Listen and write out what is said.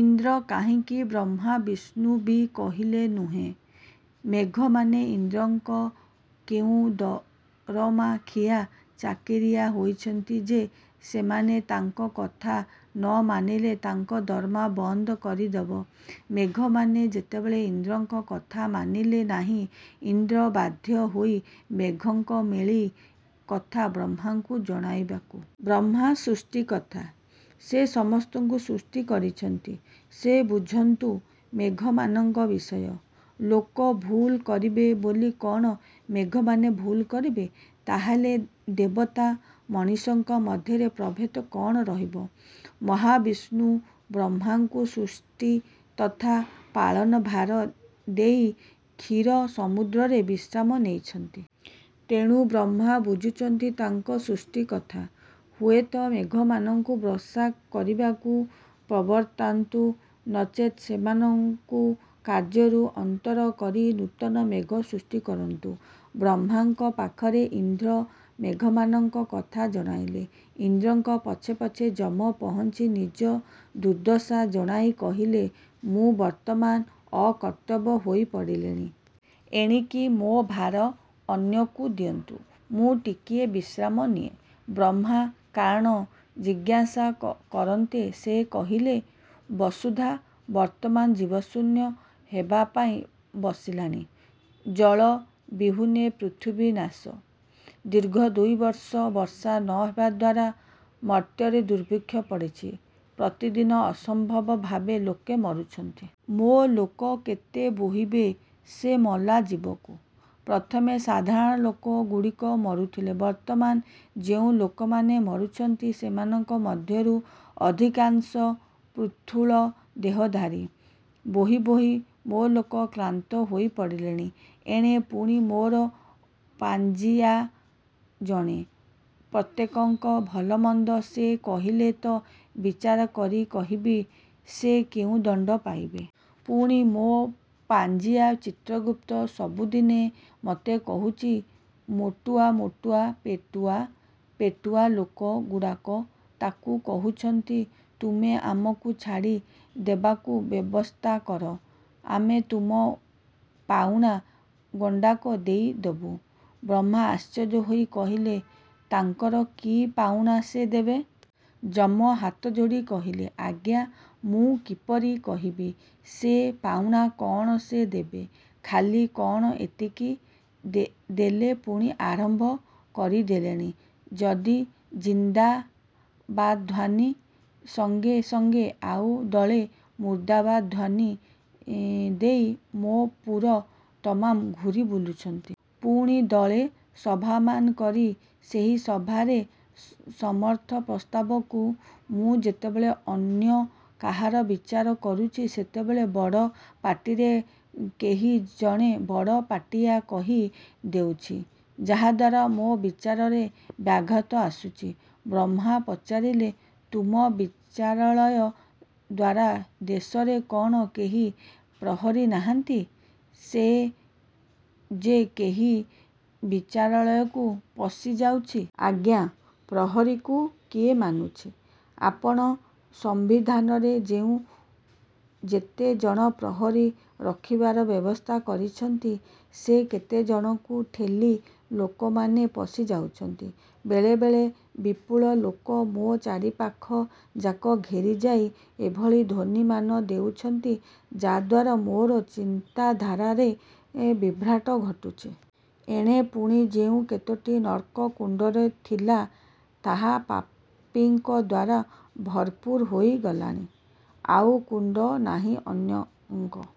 ଇନ୍ଦ୍ର କାହିଁକି ବ୍ରହ୍ମାବିଷ୍ଣୁ ବି କହିଲେ ନୁହେଁ। ମେଘମାନେ ଇନ୍ଦ୍ରଙ୍କର କେଉଁ ଦରମାଖିଆ ଚାକିରିଆ ହୋଇଛନ୍ତି ଯେ, ସେମାନେ ତାଙ୍କ କଥା ନ ମାନିଲେ ତାଙ୍କର ଦରମା ବନ୍ଦକରି ଦେବେ? ମେଘମାନେ ଯେତେବେଳେ ଇନ୍ଦ୍ରଙ୍କ କଥା ମାନିଲେ ନାହିଁ ଇନ୍ଦ୍ର ବାଧ୍ୟ ହେଲେ ମେଘଙ୍କ ମେଳି କଥା ବ୍ରହ୍ମାଙ୍କୁ ଜଣାଇବାକୁ। ବ୍ରହ୍ମା ସୃଷ୍ଟି କର୍ତ୍ତା, ସେ ସମସ୍ତଙ୍କୁ ସୃଷ୍ଟି କରିଛନ୍ତି-ସେ ବୁଝନ୍ତୁ ମେଘମାନଙ୍କ ବିଷୟ। ଲୋକେ ଭୁଲ କରିବେ ବୋଲି କଣ ମେଘମାନେ ଭୁଲ କରିବେ। ତାହାହେଲେ ଦେବତା ମଣିଷଙ୍କ ମଧ୍ୟରେ ପ୍ରଭେଦ କଣ ରହିବ? ମହାବିଷ୍ଣୁ ବ୍ରହ୍ମାଙ୍କୁ ସୃଷ୍ଟି ତଥା ପାଳନଭାର ଦେଇ ଖିର ସମୁଦ୍ରରେ ବିଶ୍ରାମ ନେଇଛନ୍ତି। ତେଣୁ ବ୍ରହ୍ମା ବୁଝନ୍ତୁ ତାଙ୍କ ସୃଷ୍ଟି କଥା। ହୁଏତ ମେଘମାନଙ୍କୁ ବର୍ଷା କରିବାକୁ ପ୍ରବର୍ତ୍ତାନ୍ତୁ ନଚେତ ସେମାନଙ୍କୁ କାର୍ଯ୍ୟରୁ ଅନ୍ତର କରି ନୂତନ ମେଘ ସୃଷ୍ଟି କରନ୍ତୁ। ବ୍ରହ୍ମାଙ୍କ ପାଖରେ ଇନ୍ଦ୍ର ମେଘମାନଙ୍କ କଥା ଜଣାଇଲେ। ଇନ୍ଦ୍ରଙ୍କ ପଛେ ପଛେ ଯମ ପହଞ୍ଚି ନିଜ ଦୁର୍ଦ୍ଦଶା ଜଣାଇ କହିଲେ, ମୁଁ ବର୍ତ୍ତମାନ ଅକର୍ତ୍ତବ୍ୟ ହୋଇ ପଡ଼ିଲାଣି। ଏଣିକି ମୋ ଭାର ଅନ୍ୟକୁ ଦିଅନ୍ତୁ। ମୁଁ ଟିକିଏ ବିଶ୍ରାମ ନିଏ। ବ୍ରହ୍ମା କାରଣ ଜିଜ୍ଞାସା କରନ୍ତେ ସେ କହିଲେ, ବସୁଧା ବର୍ତ୍ତମାନ ଜୀବଶୂନ୍ୟ ହେବାପାଇଁ ବସିଲାଣି। ଜଳ ବିହୁନେ ପୃଥ୍ୱୀ ନାଶ। ଦୀର୍ଘ ଦୁଇବର୍ଷ ବର୍ଷା ନ ହେବାଦ୍ୱାରା ମର୍ତ୍ତ୍ୟରେ ଦୁର୍ଭିକ୍ଷ ପଡ଼ିଛି। ପ୍ରତିଦିନ ଅସମ୍ଭବ ଭାବେ ଲୋକେ ମରୁଛନ୍ତି। ମୋ ଲୋକେ କେତେ ବୋହିବେ ସେ ମଲାଜୀବଙ୍କୁ। ପ୍ରଥମେ ସାଧାରଣ ଲୋକ ଗୁଡ଼ିକ ମରୁଥିଲେ-ବର୍ତ୍ତମାନ ଯେଉଁ ଲୋକମାନେ ମରୁଛନ୍ତି ସେମାନଙ୍କ ମଧ୍ୟରୁ ଅଧିକାଂଶ ପୃଥୁଳ ଦେହଧାରୀ। ବୋହି ବୋହି ମୋ ଲୋକେ କ୍ଳାନ୍ତ ହୋଇ ପଡ଼ିଲେଣି। ଏଣେ ପୁଣି ମୋର ପାଞ୍ଜିଆ ଜଣେ। ପ୍ରତ୍ୟେକଙ୍କର ଭଲ ମନ୍ଦ ସେ କହିଲେତ ବିଚାରକରି କହିବି ସେ କେଉଁ ଦଣ୍ଡ ପାଇବେ। ପୁଣି ମୋ ପାଞ୍ଜିଆ ଚିତ୍ରଗୁପ୍ତ ସବୁଦିନେ ମୋତେ କହୁଛି ମୋଟୁଆ ମୋଟୁଆ ପେଟୁଆ ପେଟୁଆ ଲୋକ ଗୁଡ଼ାକ ତାକୁ କହୁଛନ୍ତି ତୁମେ ଆମକୁ ଛାଡ଼ି ଦେବାକୁ ବ୍ୟବସ୍ଥାକର ଆମେ ତୁମ ପାଉଣା ଗଣ୍ଡାକ ଦେଇ ଦେବୁ। ବ୍ରହ୍ମା ଆଶ୍ଚର୍ଯ୍ୟ ହୋଇ କହିଲେ, ତାଙ୍କର କି ପାଉଣା ସେ ଦେବେ? ଯମ ହାତଜୋଡ଼ି କହିଲେ, ଆଜ୍ଞା ମୁଁ କିପରି କହିବି ସେ ପାଉଣା କଣ ସେ ଦେବେ। ଖାଲି କଣ ଏତିକି-ଦଳେ ପୁଣି ଆରମ୍ଭ କରିଦେଲେଣି ଯଦି ଜିନ୍ଦାବାଦ ଧ୍ୱନୀ, ସଙ୍ଗେ ସଙ୍ଗେ ଆଉ ଦଳେ ମୁର୍ଦ୍ଦାବାଦ ଧ୍ୱନୀ ଦେଇ ମୋ ପୁର ତମାମ ଘୂରି ବୁଲୁଛନ୍ତି। ପୁଣି ଦଳେ ସଭାମାନ କରି ସେହି ସଭାରେ, ସମର୍ଥିତ ପ୍ରସ୍ତାବକୁ, ମୁଁ ଯେତେବେଳେ ଅନ୍ୟ କାହାର ବିଚାର କରୁଛି ସେତେବେଳେ, ବଡ଼ ପାଟିରେ କେହି ଜଣେ ବଡ଼ ପାଟିଆ କହି ଦେଉଛି। ଯଦ୍ୱାରା ମୋ ବିଚାରରେ ବ୍ୟାଘାତ ଆସୁଛି। ବ୍ରହ୍ମା ପଚାରିଲେ, ତୁମ ବିଚାରାଳୟ ଦ୍ୱାର ଦେଶରେ କଣ କେହି ପ୍ରହରୀ ନାହାନ୍ତି, ଯେ କେହି ବିଚାରାଳୟକୁ ପଶି ଯାଉଛି? ଆଜ୍ଞା; ପ୍ରହରୀକୁ କିଏ ମାନୁଛି? ଆପଣ ସମ୍ୱିଧାନରେ ଯେଉଁ କେତେ ଜଣ ପ୍ରହରୀ ରଖିବାର ବ୍ୟବସ୍ଥା କରିଛନ୍ତି ସେ କେତେଜଣଙ୍କୁ ଠେଲି ଲୋକମାନେ ପଶିଯାଉଛନ୍ତି। ବେଳେ ବେଳେ। ବିପୁଳ ଲୋକ ମୋ ଚାରିପାଖ ଜାକ ଘେରିଯାଇ ଏଭଳି ଧ୍ୱନୀମାନ ଦେଉଛନ୍ତି ଯଦ୍ୱାରା ମୋର ଚିନ୍ତାଧାରାରେ ବିଭ୍ରାଟ ଘଟୁଛି। ଏଣେ ପୁଣି ଯେଉଁ କେତୋଟି ନର୍କକୁଣ୍ଡ ଥିଲା ତାହା ପାପୀଙ୍କ ଦ୍ୱାରା ଭରପୁର ହୋଇଗଲାଣି। ଆଉ କୁଣ୍ଡ ନାହିଁ ଅନ୍ୟଙ୍କ